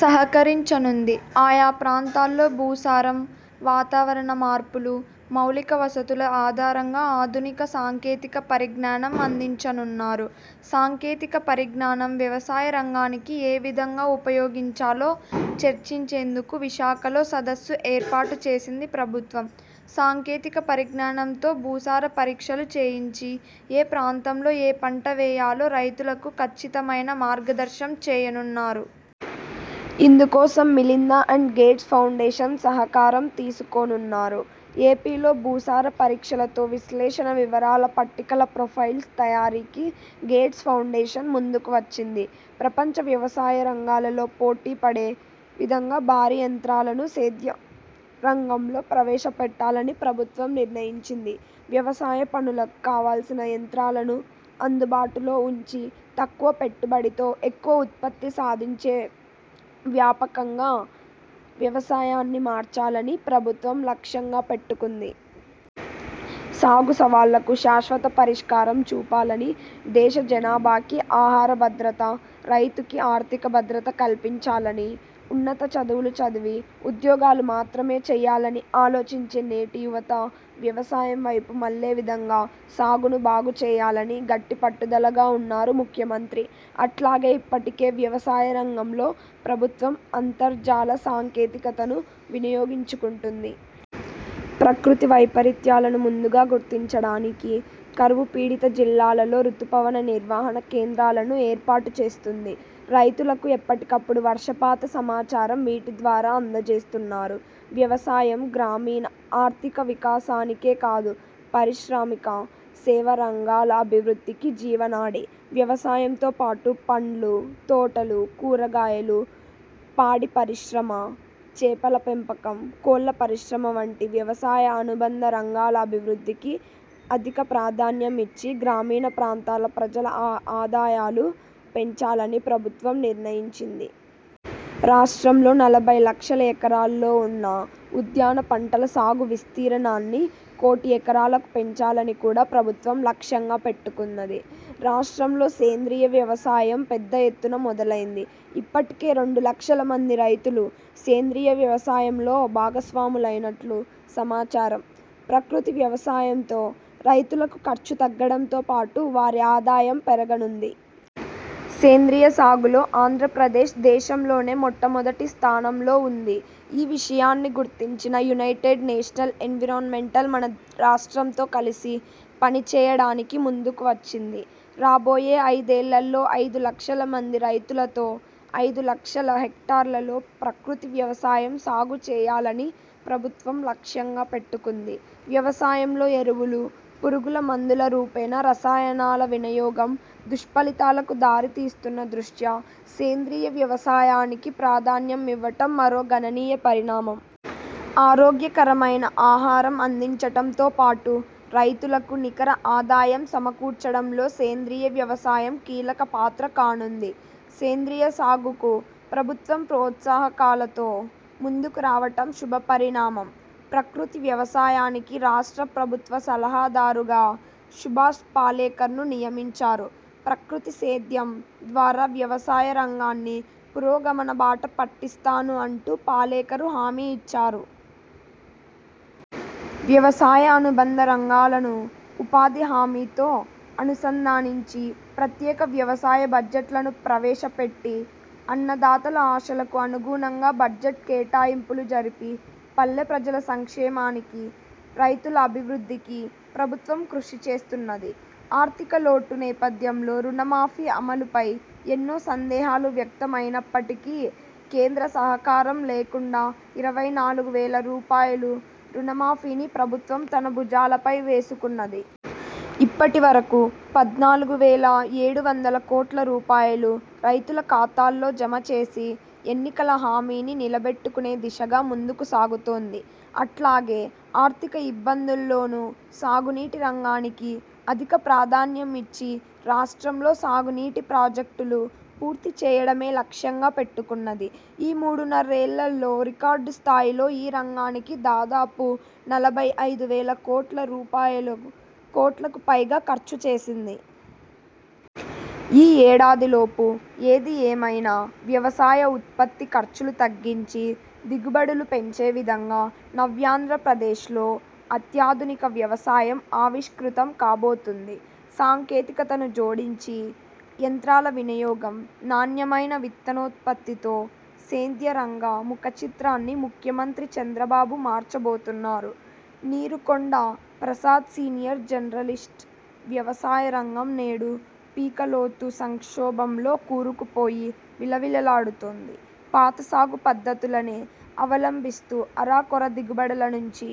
సహకరించనుంది ఆయా ప్రాంతాల్లో భూసారం, వాతావరణ మార్పులు, మౌలిక వసతుల ఆధారంగా ఆధునిక సాంకేతిక పరిజ్ఞానం అందించనున్నారు. సాంకేతిక పరిజ్ఞానం వ్యవసాయ రంగానికి ఏ విధంగా ఉపయోగించాలో చర్చించేందుకు విశాఖలో సదస్సు ఏర్పాటు చేసింది ప్రభుత్వం. సాంకేతిక పరిజ్ఞానంతో భూసార పరీక్షలు చేయించి ఏ ప్రాంతంలో ఏ పంట వేయాలో రైతులకు ఖచ్చితమైన మార్గదర్శకం చేయనున్నారు. ఇందుకోసం మిలిందా అండ్ గేట్స్ ఫౌండేషన్ సహకారం తీసుకొనున్నారు. ఏపీలో భూసార పరీక్షలతో విశ్లేషణ వివరాలు పట్టికల ప్రొఫైల్స్ తయారీకి గేట్స్ ఫౌండేషన్ ముందుకు వచ్చింది. ప్రపంచ వ్యవసాయ రంగంలో పోటీపడే విధంగా భారీ యంత్రాలను సేద్య రంగంలో ప్రవేశపెట్టాలని ప్రభుత్వం నిర్ణయించింది. వ్యవసాయ పనులకు కావల్సిన యంత్రాలను అందుబాటులో ఉంచి తక్కువ పెట్టుబడితో ఎక్కువ ఉత్పత్తి సాధించే వ్యాపకంగా వ్యవసాయాన్ని మార్చాలని ప్రభుత్వం లక్ష్యంగా పెట్టుకుంది. సాగు సవాళ్ళకు శాశ్వత పరిష్కారం చూపాలని దేశ జనాభాకి ఆహారభద్రత, రైతుకీ ఆర్థిక భద్రత కల్పించాలని, ఉన్నత చదువులు చదివి ఉద్యోగాలు మాత్రమే చేయాలని ఆలోచించే నేటి యువత వ్యవసాయం వైపు మళ్లే విధంగా సాగును బాగుచేయాలని గట్టి పట్టుదలగా ఉన్నారు ముఖ్యమంత్రి. అట్లాగే ఇప్పటికే వ్యవసాయ రంగంలో ప్రభుత్వం అంతర్జాల సాంకేతికతను వినియోగించుకుంటుంది. ప్రకృతి వైపరీత్యాలను ముందుగా గుర్తించడానికి, కరువు పీడిత జిల్లాల్లో రుతుపవన నిర్వహణ కేంద్రాలను ఏర్పాటు చేస్తుంది. రైతులకు ఎప్పటికప్పుడు వర్షపాత సమాచారం వీటి ద్వారా అందజేస్తున్నారు. వ్యవసాయం గ్రామీణ ఆర్థిక వికాసానికే కాదు పారిశ్రామిక, సేవా రంగాల అభివృద్ధికి జీవనాడి. వ్యవసాయంతో పాటు పండ్ల తోటలు, కూరగాయలు, పాడి పరిశ్రమ, చేపల పెంపకం, కోళ్ళ పరిశ్రమ వంటి వ్యవసాయ అనుబంధ రంగాల అభివృద్ధికి అధిక ప్రాధాన్యం ఇచ్చి గ్రామీణ ప్రాంతాల ప్రజల ఆదాయాలు పెంచాలని ప్రభుత్వం నిర్ణయించింది. రాష్ట్రంలో నలభై లక్షల ఎకరాల్లో వున్న ఉద్యాన పంటల సాగు విస్తీర్ణాన్ని కోటి ఎకరాలకు పెంచాలని కూడా ప్రభుత్వం లక్ష్యంగా పెట్టుకున్నది. రాష్ట్రంలో సేంద్రియ వ్యవసాయం పెద్దఎత్తున మొదలైంది. ఇప్పటికే రెండులక్షల మంది రైతులు సేంద్రియ వ్యవసాయంలో భాగస్వాములైనట్లు సమాచారం. ప్రకృతి వ్యవసాయంతో రైతులకు ఖర్చు తగ్గటంతో పాటు వారి ఆదాయం పెరగనుంది. సేంద్రియ సాగులో ఆంధ్రప్రదేశ్ దేశంలోనే మొదటిస్థానంలో ఉంది. ఈ విషయాన్ని గుర్తించిన యునైటెడ్ నేషనల్ ఎన్విరాన్మెంటల్ మన రాష్ట్రంతో కలిసి పనిచేయడానికి ముందుకు వచ్చింది. రాబోయే ఐదేళ్లలో ఐదులక్షల మంది రైతులతో ఐదులక్షల హెక్టార్లలో ప్రకృతి వ్యవసాయం సాగుచేయాలని ప్రభుత్వం లక్ష్యంగా పెట్టుకుంది. వ్యవసాయంలో ఎరువులు, పురుగుమందుల రూపేణ రసాయనాల వినియోగం దుష్ఫలితాలకు దారితీస్తున్న దృష్ట్యా సేంద్రియ వ్యవసాయానికి ప్రాధాన్యం ఇవ్వటం మరో గణనీయ పరిణామం. ఆరోగ్యకరమైన ఆహారం అందించడంతో పాటు రైతులకు నికర ఆదాయం సమకూర్చడంలో సేంద్రియ వ్యవసాయం కీలక పాత్ర కానుంది. సేంద్రీయ సాగుకు ప్రభుత్వం ప్రోత్సాహకాలతో ముందుకు రావటం శుభపరిణామం. ప్రకృతి వ్యవసాయానికి రాష్ట్ర ప్రభుత్వ సలహాదారుగా సుభాష్ పాలేకర్ను నియమించారు. ప్రకృతి సేద్యం ద్వారా వ్యవసాయ రంగాన్ని పురోగమన బాట పట్టిస్తాను అంటూ పాలేకర్ హామీ ఇచ్చారు. వ్యవసాయ అనుబంధ రంగాలను ఉపాధి హామీతో అనుసంధానించి ప్రత్యేక వ్యవసాయ బడ్జెట్లను ప్రవేశపెట్టి అన్నదాతల ఆశలకు అనుగుణంగా బడ్జెట్ కేటాయింపులు జరిపి పల్లెప్రజల సంక్షేమానికి, రైతుల అభివృద్ధికి ప్రభుత్వం కృషిచేస్తున్నది. ఆర్థికలోటు నేపథ్యంలో రుణమాఫీ అమలుపై ఎన్నో సందేహాలు వ్యక్తమైనప్పటికీ కేంద్ర సహకారం లేకుండా ఇరవై నాలుగు వేల రూపాయలు రుణమాఫీని ప్రభుత్వం తన భుజాలపై వేసుకున్నది. ఇప్పటివరకు పద్నాలుగు వేల ఏడు వందల కోట్లు రూపాయలు రైతుల ఖాతాల్లో జమచేసి ఎన్నికల హామీని నిలబెట్టుకునే దిశగా ముందుకు సాగుతోంది. అట్లాగే ఆర్థిక ఇబ్బందుల్లోనూ సాగునీటి రంగానికి అధిక ప్రాధాన్యం ఇచ్చి రాష్ట్రంలో సాగునీటి ప్రాజెక్టులు పూర్తిచేయడమే లక్ష్యంగా పెట్టుకున్నది. ఈ మూడున్నరేళ్లలో రికార్డు స్థాయిలో ఈ రంగానికి దాదాపు నలభై ఐదు వేల కోట్ల రూపాయలు కోట్లకుపైగా ఖర్చుచేసింది. ఈ ఏడాది లోపు ఏది ఏమైనా వ్యవసాయ ఉత్పత్తి ఖర్చులు తగ్గించి దిగుబడులు పెంచేవిధంగా నవ్యాంధ్రప్రదేశ్లో అత్యాధునిక వ్యవసాయం ఆవిష్కృతం కాబోతుంది. సాంకేతికతను జోడించి యంత్రాల వినియోగం, నాణ్యమైన విత్తనోత్పత్తితో సేద్య రంగ ముఖచిత్రాన్ని ముఖ్యమంత్రి చంద్రబాబు మార్చబోతున్నారు. నీరుకొండ ప్రసాద్సీనియర్ జర్నలిస్ట్ వ్యవసాయ రంగం నేడు పీకల్లోతు సంక్షోభంలో కూరుకుపోయి విలవిల్లాడుతోంది. పాత సాగు పద్ధతులనే అవలంబిస్తూ అరకొర దిగుబడుల నుంచి